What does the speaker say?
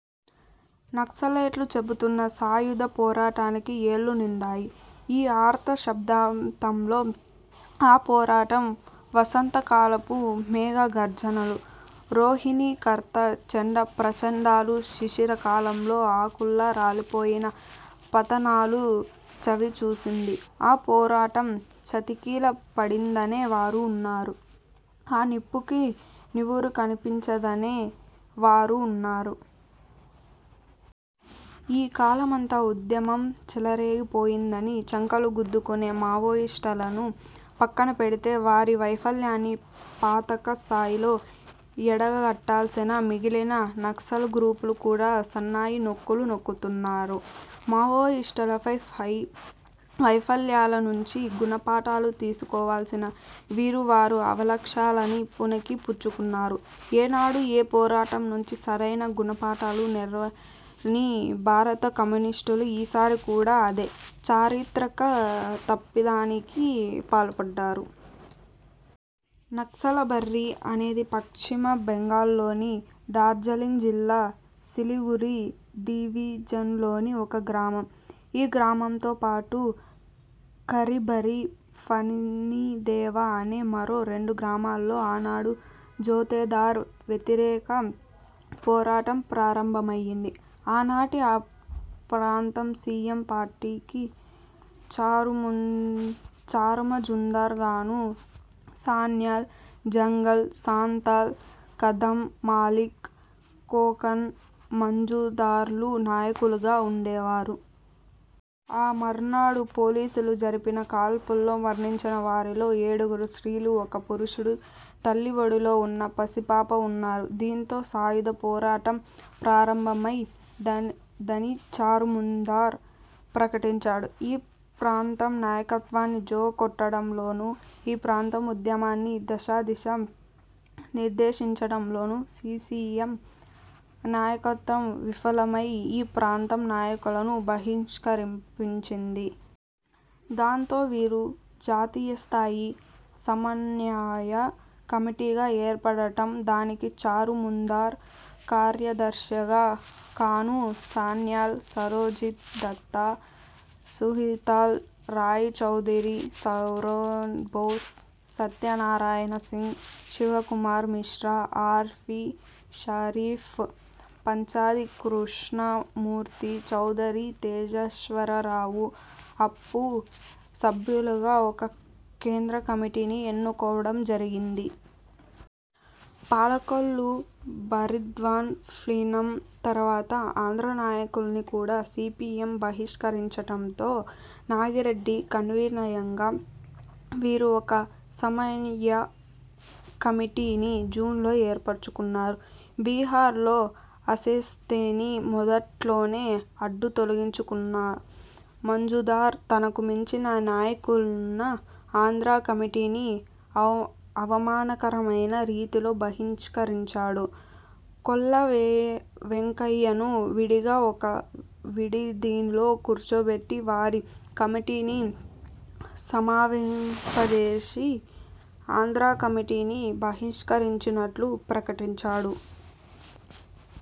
'నక్సలైట్లు' చెబుతున్న సాయుధ పోరాటానికి ఏళ్లు నిండాయి. ఈ అర్ధ శతాబ్దంలో ఆ పోరాటం 'వసంత కాలపు మేఘ గర్జనలు', రోహిణీ కార్తె చండ ప్రచండాలు, శిశిర కాలంలో ఆకుల్లా రాలిపోయిన పతనాలు చవిచూసింది. ఆ పోరాటం చతికిల పడిందనే వారూ వున్నారు. ఆ నిప్పుకి నివురు కప్పిందనే వారూ వున్నారు. ఈ కాలమంతా ఉద్యమం చెలరేగిపోయిందని చంకలు గుద్దుకునే మావోయిస్టుల్ని పక్కనపెడితే వారి వైఫల్యాన్ని పతాక స్థాయిలో ఎండగట్టాల్సిన మిగిలిన నక్సల్ గ్రూపులు కూడా సన్నాయి నొక్కులు నొక్కుతున్నాయి. మావోయిస్టుల వైఫల్యాల నుంచి గుణపాఠాలు తీసుకోవాల్సిన వీరు వారి అవలక్షణాలన్నీ పుణికి పుచ్చుకున్నారు. ఏనాడూ ఏ పోరాటం నుంచి సరైన గుణపాఠాలు నేర్వని భారత కమ్యూనిస్టులు ఈసారి కూడా అదే 'చారిత్రక తప్పిదానికి' పాల్పడ్డారు. 'నక్సల్బరీ' అనేది పశ్చిమ బెంగాల్లోని డార్జిలింగ్ జిల్లా సిలిగురి డివిజన్లోని ఒక గ్రామం. ఈ గ్రామంతో పాటు ఖరిభరి, ఫన్సిదేవ అనే మరో రెండు గ్రామాల్లో ఆనాడు జోతేదార్ వ్యతిరేక పోరాటం ప్రారంభమైంది. ఆనాటి ఆ ప్రాంత సీపీఎం పార్టీకి చారుమజుందార్, కానూ సన్యాల్, జంగల్ సంతాల్, ఖదం మల్లిక్, కోకన్ మజుందార్లు నాయకులుగా వుండేవారు. ఆ మరునాడు పోలీసులు జరిపిన కాల్పుల్లో మరణించిన వారిలో ఏడుగురు స్త్రీలు, ఒక పురుషుడు, తల్లి ఒడిలో వున్న పసిపాప వున్నారు. దీంతో సాయుధ పోరాటం ప్రారంభమైం దని చారుమజుందార్ ప్రకటించాడు. ఈ ప్రాంత నాయకత్వాన్ని జో కొట్టడంలోనూ, ఈ ప్రాంత ఉద్యమానికి దశాదిశా నిర్దేశించటంలోనూ సీపీఎం నాయకత్వం విఫలమై ఈ ప్రాంత నాయకులను బహిష్కరించింది. దాంతో వీరు జాతీయస్థాయి సమన్వయ కమిటీగా ఏర్పడటం దానికి చారు మజుందార్ కార్యదర్శిగా, కానూ సన్యాల్, సరోజ్ దత్తా, సుషితల్ రాయ్ చౌదరి, సౌరేన్ బోస్, సత్యనారాయణ సింగ్, శివకుమార్ మిశ్రా ఆర్. పి. షరీఫ్, పంచాది కృష్ణమూర్తి, చౌదరి తేజేశ్వర రావు, అప్పు సభ్యులుగా ఒక కేంద్రకమిటీని ఎన్నుకోవటం జరిగింది. పాలకొల్లు, బర్ద్వాన్ ప్లీనం తర్వాత ఆంధ్రానాయకుల్ని కూడా సీపీఎం బహిష్కరించటంతో నాగిరెడ్డి కన్వీనర్గా వీరూ ఒక సమన్వయ కమిటీని జూన్లో ఏర్పరచుకున్నారు. బీహార్లో అసిత్సేన్ని మొదట్లోనే అడ్డు తొలగించుకున్న మజుందార్ తనకు మించిన నాయకులున్న ఆంధ్రా కమిటీని అవమానకరమైన రీతిలో బహిష్కరించాడు. కొల్లా వెంకయ్యను విడిగా ఒక విడిదిలో కూర్చోబెట్టి వారి కమిటీని సమావేశపరిచి ఆంధ్రా కమిటీని బహిష్కరించినట్లు ప్రకటించాడు.